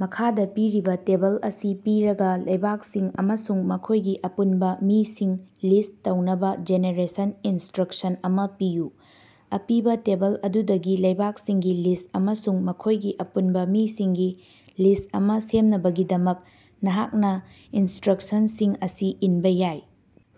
ꯃꯈꯥꯗ ꯄꯤꯔꯤꯕ ꯇꯦꯕꯜ ꯑꯁꯤ ꯄꯤꯔꯒ, ꯂꯩꯕꯥꯛꯁꯤꯡ ꯑꯃꯁꯨꯡ ꯃꯈꯣꯏꯒꯤ ꯑꯄꯨꯟꯕ ꯃꯤꯁꯤꯡ ꯂꯤꯁ ꯇꯧꯅꯕ ꯖꯦꯅꯦꯔꯦꯁꯟ ꯏꯟꯁꯇ꯭ꯔꯛꯁꯟ ꯑꯃ ꯄꯤꯌꯨ꯫ ꯑꯄꯤꯕ ꯇꯦꯕꯜ ꯑꯗꯨꯗꯒꯤ ꯂꯩꯕꯥꯛꯁꯤꯡꯒꯤ ꯂꯤꯁ ꯑꯃꯁꯨꯡ ꯃꯈꯣꯏꯒꯤ ꯑꯄꯨꯟꯕ ꯃꯤꯁꯤꯡꯒꯤ ꯂꯤꯁ ꯑꯃ ꯁꯦꯝꯅꯕꯒꯤꯗꯃꯛ, ꯅꯍꯥꯛꯅ ꯏꯅꯁꯇ꯭ꯔꯛꯁꯟꯁꯤꯡ ꯑꯁꯤ ꯏꯟꯕ ꯌꯥꯏ: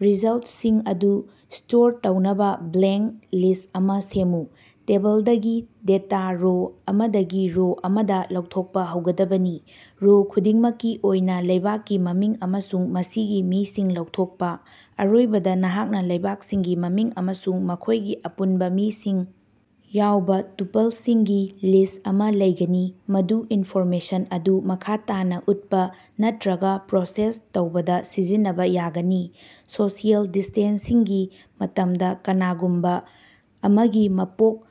ꯔꯤꯖꯜꯇꯁꯤꯡ ꯑꯗꯨ ꯁ꯭ꯇꯣꯔ ꯇꯧꯅꯕꯥ ꯕ꯭ꯂꯦꯡ ꯂꯤꯁ ꯑꯃꯥ ꯁꯦꯝꯃꯨ꯫ ꯇꯦꯕꯜꯗꯒꯤ ꯗꯦꯇꯥ ꯔꯣ ꯑꯃꯗꯒꯤ ꯔꯣ ꯑꯃꯗꯥ ꯂꯧꯊꯣꯛꯄ ꯍꯧꯒꯗꯕꯅꯤ꯫ ꯔꯣ ꯈꯨꯗꯤꯡꯃꯛꯀꯤ ꯑꯣꯏꯅꯥ ꯂꯩꯕꯥꯛꯀꯤ ꯃꯃꯤꯡ ꯑꯃꯁꯨꯡ ꯃꯁꯤꯒꯤ ꯃꯤꯁꯤꯡ ꯂꯧꯊꯣꯛꯄ꯫ ꯑꯔꯣꯏꯕꯗ, ꯅꯍꯥꯛꯅ ꯂꯩꯕꯥꯛꯁꯤꯡꯒꯤ ꯃꯃꯤꯡ ꯑꯃꯁꯨꯡ ꯃꯈꯣꯏꯒꯤ ꯑꯄꯨꯟꯕ ꯃꯤꯁꯤꯡ ꯌꯥꯎꯕ ꯇꯨꯄꯜꯁꯤꯡꯒꯤ ꯂꯤꯁ ꯑꯃꯥ ꯂꯩꯒꯅꯤ, ꯃꯗꯨ ꯏꯟꯐꯣꯔꯃꯦꯁꯟ ꯑꯗꯨ ꯃꯈꯥ ꯇꯥꯅ ꯎꯠꯄ ꯅꯠꯇ꯭ꯔꯒ ꯄ꯭ꯔꯣꯁꯦꯁ ꯇꯧꯕꯗ ꯁꯤꯖꯤꯟꯅꯕ ꯌꯥꯒꯅꯤ꯫ ꯁꯣꯁꯤꯑꯦꯜ ꯗꯤꯁ꯭ꯇꯦꯟꯁꯤꯡꯒꯤ ꯃꯇꯝꯗ ꯀꯅꯥꯒꯨꯝꯕ ꯑꯃꯒꯤ ꯃꯄꯣꯛ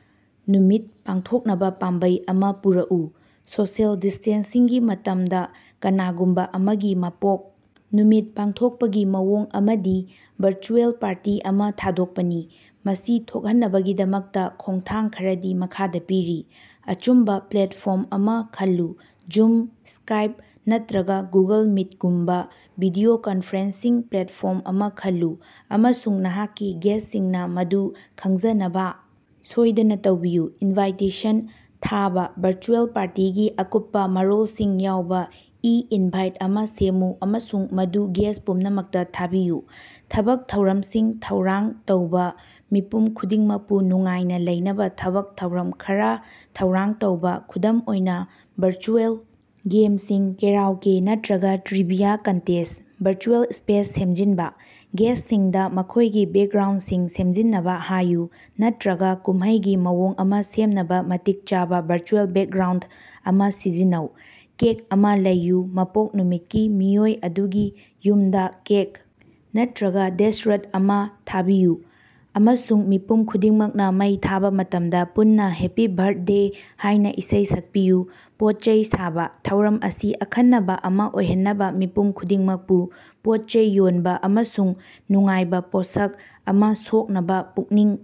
ꯅꯨꯃꯤꯠ ꯄꯥꯡꯊꯣꯛꯅꯕ ꯄꯥꯝꯕꯩ ꯑꯃꯥ ꯄꯨꯔꯛꯎ꯫ ꯁꯣꯁꯤꯑꯦꯜ ꯗꯤꯁ꯭ꯇꯦꯟꯁꯤꯡꯒꯤ ꯃꯇꯝꯗ ꯀꯅꯥꯒꯨꯝꯕ ꯑꯃꯒꯤ ꯃꯄꯣꯛ ꯅꯨꯃꯤꯠ ꯄꯥꯡꯊꯣꯛꯄꯒꯤ ꯃꯑꯣꯡ ꯑꯃꯗꯤ ꯚꯔꯆꯨꯑꯦꯜ ꯄꯥꯔꯇꯤ ꯑꯃ ꯊꯥꯗꯣꯛꯄꯅꯤ꯫ ꯃꯁꯤ ꯊꯣꯛꯍꯟꯅꯕꯒꯤꯗꯃꯛꯇ ꯈꯣꯡꯊꯥꯡ ꯈꯔꯗꯤ ꯃꯈꯥꯗꯥ ꯄꯤꯔꯤ: ꯑꯆꯨꯝꯕꯥ ꯄ꯭ꯂꯦꯇꯐꯣꯔꯝ ꯑꯃꯥ ꯈꯜꯂꯨ: ꯖꯨꯝ, ꯁ꯭ꯀꯥꯏꯞ, ꯅꯠꯇ꯭ꯔꯒ ꯒꯨꯒꯜ ꯃꯤꯇꯒꯨꯝꯕ ꯚꯤꯗꯤꯑꯣ ꯀꯟꯐꯔꯦꯟꯁꯤꯡ ꯄ꯭ꯂꯦꯇꯐꯣꯔꯝ ꯑꯃ ꯈꯜꯂꯨ, ꯑꯃꯁꯨꯡ ꯅꯍꯥꯛꯀꯤ ꯒꯦꯁ꯭ꯇꯁꯤꯡꯅꯥ ꯃꯗꯨ ꯈꯪꯖꯅꯕꯥ ꯁꯣꯏꯗꯅ ꯇꯧꯕꯤꯌꯨ꯫ ꯏꯟꯚꯥꯏꯇꯦꯁꯟ ꯊꯥꯕ: ꯚꯔꯆꯨꯑꯦꯜ ꯄꯥꯔꯇꯤꯒꯤ ꯑꯀꯨꯞꯄꯥ ꯃꯔꯣꯜꯁꯤꯡ ꯌꯥꯎꯕ ꯏ-ꯏꯟꯚꯥꯏꯠ ꯑꯃꯥ ꯁꯦꯝꯃꯨ ꯑꯃꯁꯨꯡ ꯃꯗꯨ ꯒꯦꯁ ꯄꯨꯝꯅꯃꯛꯇ ꯊꯥꯕꯤꯌꯨ꯫ ꯊꯕꯛ ꯊꯧꯔꯝꯁꯤꯡ ꯊꯧꯔꯥꯡ ꯇꯧꯕ: ꯃꯤꯄꯨꯝ ꯈꯨꯗꯤꯡꯃꯛꯄꯨ ꯅꯨꯡꯉꯥꯏꯅ ꯂꯩꯅꯕ ꯊꯕꯛ ꯊꯧꯔꯝ ꯈꯔꯥ ꯊꯧꯔꯥꯡ ꯇꯧꯕ, ꯈꯨꯗꯝ ꯑꯣꯏꯅ, ꯚꯔꯆꯨꯑꯦꯜ ꯒꯦꯝꯁꯤꯡ, ꯀꯦꯔꯥꯎꯀꯦ ꯅꯠꯇ꯭ꯔꯒ ꯇ꯭ꯔꯤꯕꯤꯌꯥ ꯀꯟꯇꯦꯁ꯫ ꯚꯔꯆꯨꯑꯦꯜ ꯁ꯭ꯄꯦꯁ ꯁꯦꯝꯖꯤꯟꯕ: ꯒꯦꯁ꯭ꯇꯁꯤꯡꯗ ꯃꯈꯣꯏꯒꯤ ꯕꯦꯛꯒ꯭ꯔꯥꯎꯟꯗꯁꯤꯡ ꯁꯦꯝꯖꯤꯟꯅꯕ ꯍꯥꯏꯌꯨ ꯅꯠꯇ꯭ꯔꯒꯥ ꯀꯨꯝꯃꯩꯒꯤ ꯃꯑꯣꯡ ꯑꯃꯥ ꯁꯦꯝꯅꯕꯥ ꯃꯇꯤꯛ ꯆꯥꯕ ꯚꯔꯆꯨꯑꯦꯜ ꯕꯦꯛꯒ꯭ꯔꯥꯎꯟꯗ ꯑꯃꯥ ꯁꯤꯖꯤꯟꯅꯧ꯫ ꯀꯦꯛ ꯑꯃꯥ ꯂꯩꯌꯨ: ꯃꯄꯣꯛ ꯅꯨꯃꯤꯠꯀꯤ ꯃꯤꯑꯣꯏ ꯑꯗꯨꯒꯤ ꯌꯨꯝꯗꯥ ꯀꯦꯛ ꯅꯠꯇ꯭ꯔꯒꯥ ꯗꯦꯁꯔꯠ ꯑꯃꯥ ꯊꯥꯕꯤꯌꯨ, ꯑꯃꯁꯨꯡ ꯃꯤꯄꯨꯝ ꯈꯨꯗꯤꯡꯃꯛꯅ ꯃꯩ ꯊꯥꯕ ꯃꯇꯝꯗ ꯄꯨꯟꯅ "ꯍꯦꯞꯄꯤ ꯕꯔꯊꯗꯦ" ꯍꯥꯏꯅꯥ ꯏꯁꯩ ꯁꯛꯄꯤꯌꯨ꯫ ꯄꯣꯠꯆꯩ ꯁꯥꯕ: ꯊꯧꯔꯝ ꯑꯁꯤ ꯑꯈꯟꯅꯕ ꯑꯃ ꯑꯣꯏꯍꯟꯅꯕ ꯃꯤꯄꯨꯝ ꯈꯨꯗꯤꯡꯃꯛꯄꯨ ꯄꯣꯠꯆꯩ ꯌꯣꯟꯕ ꯑꯃꯁꯨꯡ ꯅꯨꯡꯉꯥꯏꯕ ꯄꯣꯠꯁꯛ ꯑꯃ ꯁꯣꯛꯅꯕ ꯄꯨꯛꯅꯤꯡ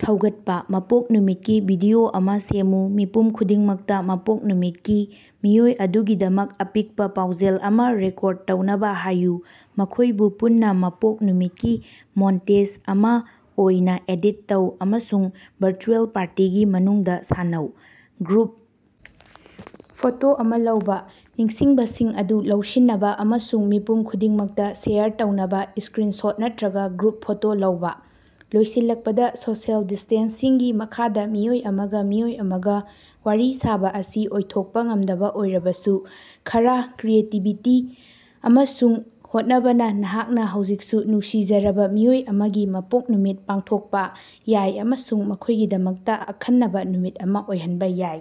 ꯊꯧꯒꯠꯄ꯫ ꯃꯄꯣꯛ ꯅꯨꯃꯤꯠꯀꯤ ꯚꯤꯗꯤꯑꯣ ꯑꯃ ꯁꯦꯝꯃꯨ: ꯃꯤꯄꯨꯝ ꯈꯨꯗꯤꯡꯃꯛꯇ ꯃꯄꯣꯛ ꯅꯨꯃꯤꯠꯀꯤ ꯃꯤꯑꯣꯏ ꯑꯗꯨꯒꯤꯗꯃꯛ ꯑꯄꯤꯛꯄꯥ ꯄꯥꯎꯖꯦꯜ ꯑꯃꯥ ꯔꯦꯀꯣꯔꯗ ꯇꯧꯅꯕꯥ ꯍꯥꯏꯌꯨ, ꯃꯈꯣꯏꯕꯨ ꯄꯨꯟꯅ ꯃꯄꯣꯛ ꯅꯨꯃꯤꯠꯀꯤ ꯃꯣꯟꯇꯦꯖ ꯑꯃꯥ ꯑꯣꯏꯅꯥ ꯑꯦꯗꯤꯠ ꯇꯧ, ꯑꯃꯁꯨꯡ ꯚꯔꯆꯨꯑꯦꯜ ꯄꯥꯔꯇꯤꯒꯤ ꯃꯅꯨꯡꯗ ꯁꯥꯟꯅꯧ꯫ ꯒ꯭ꯔꯨꯞ ꯐꯣꯇꯣ ꯑꯃ ꯂꯧꯕ: ꯅꯤꯡꯁꯤꯡꯕꯁꯤꯡ ꯑꯗꯨ ꯂꯧꯁꯤꯟꯅꯕ ꯑꯃꯁꯨꯡ ꯃꯤꯄꯨꯝ ꯈꯨꯗꯤꯡꯃꯛꯇ ꯁꯦꯌꯔ ꯇꯧꯅꯕ ꯏꯁ꯭ꯀꯔꯤꯟꯁꯣꯠ ꯅꯠꯇ꯭ꯔꯒ ꯒ꯭ꯔꯨꯞ ꯐꯣꯇꯣ ꯂꯧꯕ꯫ ꯂꯣꯏꯁꯤꯜꯂꯛꯄꯗ, ꯁꯣꯁꯤꯑꯦꯜ ꯗꯤꯁ꯭ꯇꯦꯟꯁꯤꯡꯒꯤ ꯃꯈꯥꯗ ꯃꯤꯑꯣꯏ ꯑꯃꯒ ꯃꯤꯑꯣꯏ ꯑꯃꯒ ꯋꯥꯔꯤ ꯁꯥꯕ ꯑꯁꯤ ꯑꯣꯏꯊꯣꯛꯄ ꯉꯝꯗꯕ ꯑꯣꯏꯔꯕꯁꯨ, ꯈꯔꯥ ꯀ꯭ꯔꯤꯌꯦꯇꯤꯕꯤꯇꯤ ꯑꯃꯁꯨꯡ ꯍꯣꯠꯅꯕꯅ, ꯅꯍꯥꯛꯅ ꯍꯧꯖꯤꯛꯁꯨ ꯅꯨꯡꯁꯤꯖꯔꯕ ꯃꯤꯑꯣꯏ ꯑꯃꯒꯤ ꯃꯄꯣꯛ ꯅꯨꯃꯤꯠ ꯄꯥꯡꯊꯣꯛꯄꯥ ꯌꯥꯏ ꯑꯃꯁꯨꯡ ꯃꯈꯣꯏꯒꯤꯗꯃꯛꯇ ꯑꯈꯟꯅꯕ ꯅꯨꯃꯤꯠ ꯑꯃ ꯑꯣꯏꯍꯟꯕ ꯌꯥꯏ꯫